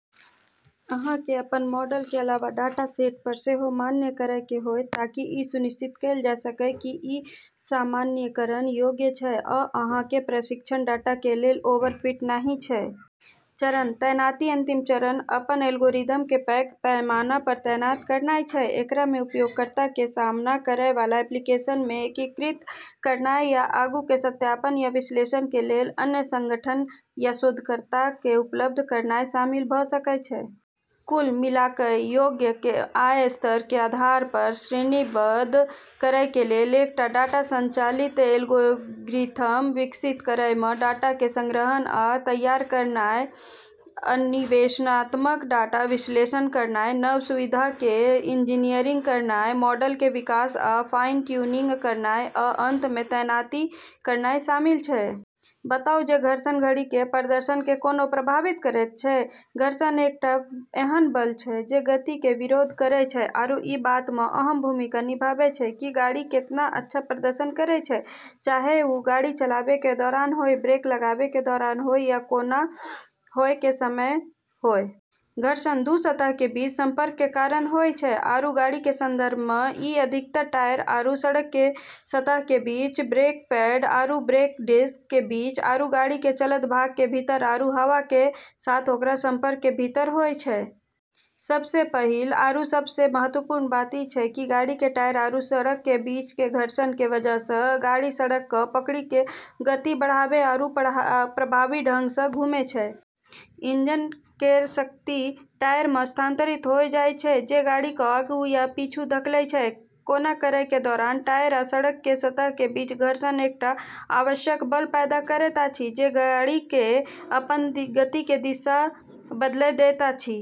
अहां कें अपन मॉडल कें अलग डाटासेट पर सेहो मान्य करय कें होयत ताकि इ सुनिश्चित कैल जा सकय कि इ सामान्यीकरण योग्य छै आ अहां कें प्रशिक्षण डाटा कें लेल ओवरफिट नहि छै. चरण: तैनाती अंतिम चरण अपन एल्गोरिदम कें पैघ पैमाना पर तैनात करनाय छै. एकरा मे उपयोगकर्ता कें सामना करय वाला एप्लीकेशन मे एकीकृत करनाय या आगू कें सत्यापन या विश्लेषण कें लेल अन्य संगठनक या शोधकर्ताक कें उपलब्ध करनाय शामिल भ सकय छै. कुल मिलाकय, लोगक कें आय स्तर कें आधार पर श्रेणीबद्ध करय कें लेल एकटा डाटा संचालित एल्गोरिथ्म विकसित करय मे डाटा कें संग्रहण आ तैयार करनाय, अन्वेषणात्मक डाटा विश्लेषण करनाय, नव सुविधाक कें इंजीनियरिंग करनाय, मॉडल कें विकास आ फाइन ट्यूनिंग करनाय, आ अंत मे तैनाती करनाय शामिल छै। बताउ जे घर्षण गाड़ी कें प्रदर्शन कें कोना प्रभावित करएयत छै. घर्षण एकटा एहन बल छै जे गति के विरोध करै छै आरू ई बात म॑ अहम भूमिका निभाबै छै कि गाड़ी केतना अच्छा प्रदर्शन करै छै, चाहे वू गाड़ी चलाबै के दौरान होय, ब्रेक लगाबै के दौरान होय या कोना होय के समय होय। घर्षण दू सतह के बीच संपर्क के कारण होय छै, आरू गाड़ी के संदर्भ में ई अधिकतर टायर आरू सड़क के सतह के बीच, ब्रेक पैड आरू ब्रेक डिस्क के बीच, आरू गाड़ी के चलतऽ भाग के भीतर आरू हवा के साथ ओकरऽ संपर्क के भीतर होय छै. सबसें पहलऽ आरू सबसें महत्वपूर्ण बात ई छै कि गाड़ी के टायर आरू सड़क के बीच के घर्षण के वजह स॑ गाड़ी सड़क क॑ पकड़ी क॑ गति बढ़ाबै आरू प्रभावी ढंग स॑ घूमै छै। इंजन केरऽ शक्ति टायरऽ म॑ स्थानांतरित होय जाय छै, जे गाड़ी क॑ आगू या पाछू धकेल॑ छै। कोना करय के दौरान टायर आ सड़क के सतह के बीच घर्षण एकटा आवश्यक बल पैदा करैत अछि जे गाड़ी के अपन गति के दिशा बदलय दैत अछि.